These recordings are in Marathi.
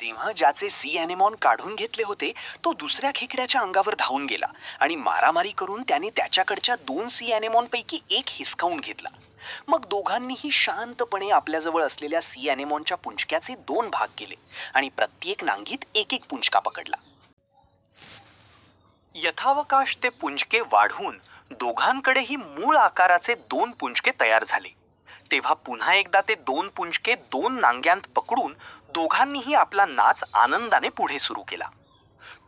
तेव्हा ज्याचे सी अॅनेमॉन काढून घेतले होते, तो दुसर्या खेकड्याच्या अंगावर धावून गेला आणि मारामारी करून त्याने त्याच्याकडच्या दोन सी अॅनेमॉनपैकी एक हिसकावून घेतला. मग दोघांनीही शांतपणे आपल्याजवळ असलेल्या सी अॅनेमॉनच्या पुंजक्याचे दोन भाग केले आणि प्रत्येक नांगीत एकेक पुंजका पकडला. यथावकाश ते पुंजके वाढून दोघांकडेही मूळ आकाराचे दोन पुंजके तयार झाले. तेव्हा पुन्हा एकदा ते दोन पुंजके दोन नांग्यांत पकडून दोघांनीही आपला नाच आनंदाने पुढे सुरू केला.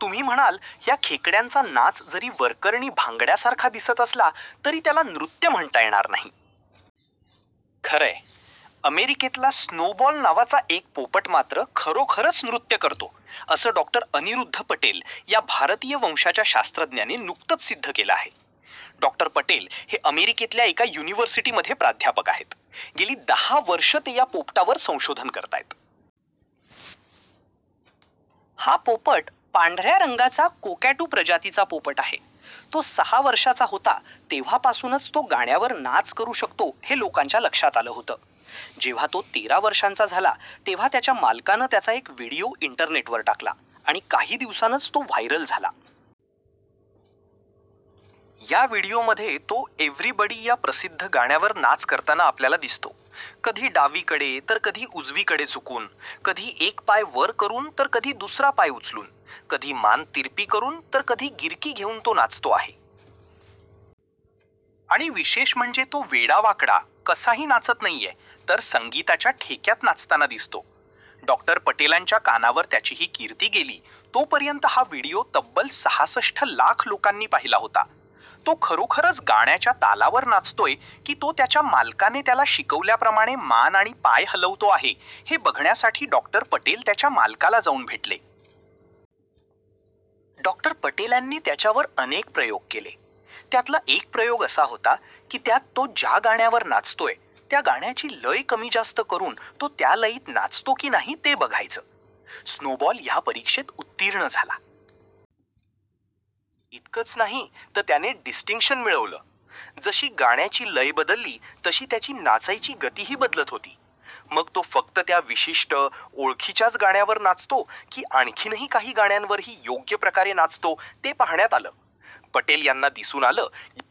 तुम्ही म्हणाल, ह्या खेकड्यांचा नाच जरी वरकरणी भांगड्यासारखा दिसत असला तरी त्याला नृत्य म्हणता येणार नाही. खरं आहे. अमेरिकेतला स्नोबॉल नावाचा एक पोपट मात्र खरोखरच नृत्य करतो असं डॉ. अनिरुद्ध पटेल या भारतीय वंशाच्या शास्त्रज्ञाने नुकतंच सिद्ध केलं आहे. डॉ. पटेल हे अमेरिकेतल्या एका युनिव्हर्सिटीमध्ये प्राध्यापक आहेत. गेली दहा वर्षं ते या पोपटावर संशोधन करताहेत. हा पोपट पांढऱ्या रंगाचा कोकॅटू प्रजातीचा पोपट आहे. तो सहा वर्षाचा होता, तेव्हापासूनच तो गाण्यावर नाच करू शकतो हे लोकांच्या लक्षात आलं होतं. जेव्हा तो तेरा वर्षांचा झाला तेव्हा त्याच्या मालकानं त्याचा एक व्हिडिओ इंटरनेटवर टाकला आणि काही दिवसांतच तो व्हायरल झाला. या व्हिडिओमध्ये तो 'एव्हरीबडी' या प्रसिद्ध गाण्यावर नाच करताना आपल्याला दिसतो. कधी डावीकडे तर कधी उजवीकडे झुकून, कधी एक पाय वर करून तर कधी दुसरा पाय उचलून, कधी मान तिरपी करून तर कधी गिरकी घेऊन तो नाचतो आहे. आणि विशेष म्हणजे तो वेडावाकडा, कसाही नाचत नाहीये तर संगीताच्या ठेक्यात नाचताना दिसतो. डॉक्टर पटेलांच्या कानावर त्याची ही कीर्ती गेली, तोपर्यंत हा व्हिडिओ तब्बल सहासष्ट लाख लोकांनी पाहिला होता. तो खरोखरच गाण्याच्या तालावर नाचतोय, की तो त्याच्या मालकाने त्याला शिकवल्याप्रमाणे मान आणि पाय हलवतो आहे हे बघण्यासाठी डॉक्टर पटेल त्याच्या मालकाला जाऊन भेटले. डॉक्टर पटेलांनी त्याच्यावर अनेक प्रयोग केले. त्यातला एक प्रयोग असा होता की, त्यात तो ज्या गाण्यावर नाचतोय त्या गाण्याची लय कमीजास्त करून तो त्या लयीत नाचतो की नाही ते बघायचं. स्नोबॉल या परीक्षेत उत्तीर्ण झाला. इतकंच नाही तर त्याने डिस्टिंक्शन मिळवलं. जशी गाण्याची लय बदलली तशी त्याची नाचायची गतीही बदलत होती. मग तो फक्त त्या विशिष्ट, ओळखीच्याच गाण्यावर नाचतो की आणखीनही काही गाण्यांवरही योग्य प्रकारे नाचतो ते पाहण्यात आलं. पटेल यांना दिसून आलं की,